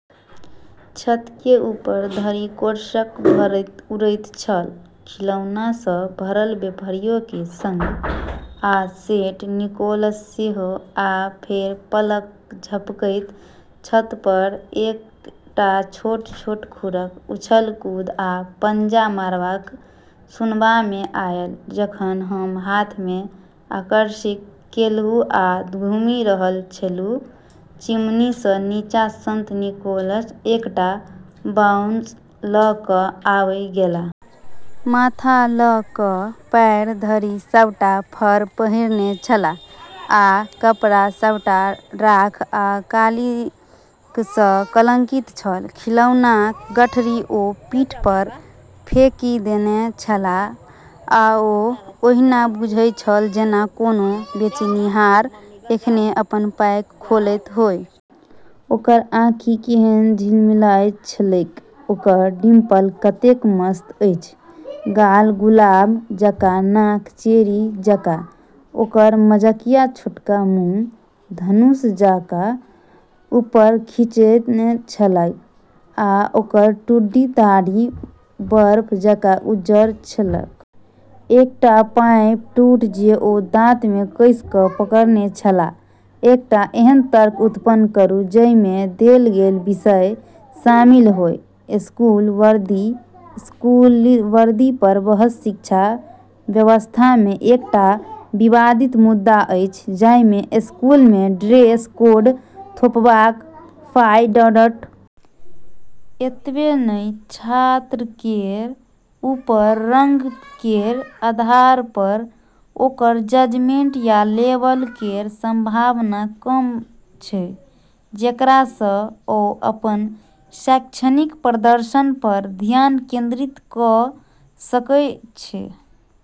छत केर ऊपर धरि कोर्सर सभ उड़ैत छल, खिलौनासँ भरल बेपहियों केर संग, आ सेंट निकोलस सेहो। आ फेर पलक झपकैत छतपर एक-एकटा छोट-छोट खुरक उछल-कूद आ पंजा मारब सुनबामे आयल। जखन हम हाथमे आकर्षित केलहुँ, आ घुमि रहल छलहुँ, चिमनीसँ नीचाँ संत निकोलस एकटा बाउंड लऽ कऽ आबि गेलाह। माथसँ लऽ कऽ पैर धरि सभटा फर पहिरने छलाह, आ कपड़ा सभटा राख आ कालिखसँ कलंकित छल। खिलौनाक गठरी ओ पीठपर फेकि देने छलाह, आ ओ ओहिना बुझाइत छल जेना कोनो बेचनिहार एखनहि अपन पैक खोलैत होए। ओकर आँखि केहन झिलमिलाइत छलैक! ओकर डिंपल कतेक मस्त अछि! गाल गुलाब जकाँ, नाक चेरी जकाँ! ओकर मजाकिया छोटका मुँह धनुष जकाँ ऊपर खींचने छलैक, आ ओकर ठुड्डीक दाढ़ी बर्फ जकाँ उज्जर छलैक। एकटा पाइपक ठूंठ जे ओ दाँतमे कस कऽ पकड़ने छलाह। एकटा एहन तर्क उत्पन्न करू जाहिमे देल गेल विषय शामिल होए। स्कूल वर्दी: स्कूली वर्दीपर बहस शिक्षा व्यवस्थामे एकटा विवादित मुद्दा अछि, जाहिमे स्कूलमे ड्रेस कोड थोपबाक फायदा आ विपक्षपर राय बंटल अछि। एतबे नहि, छात्र केर रूप-रंग केर आधारपर ओकर जजमेंट या लेबल केर संभावना कम छै, जेकरासँ ओ अपन शैक्षणिक प्रदर्शनपर ध्यान केंद्रित कऽ सकैत छै।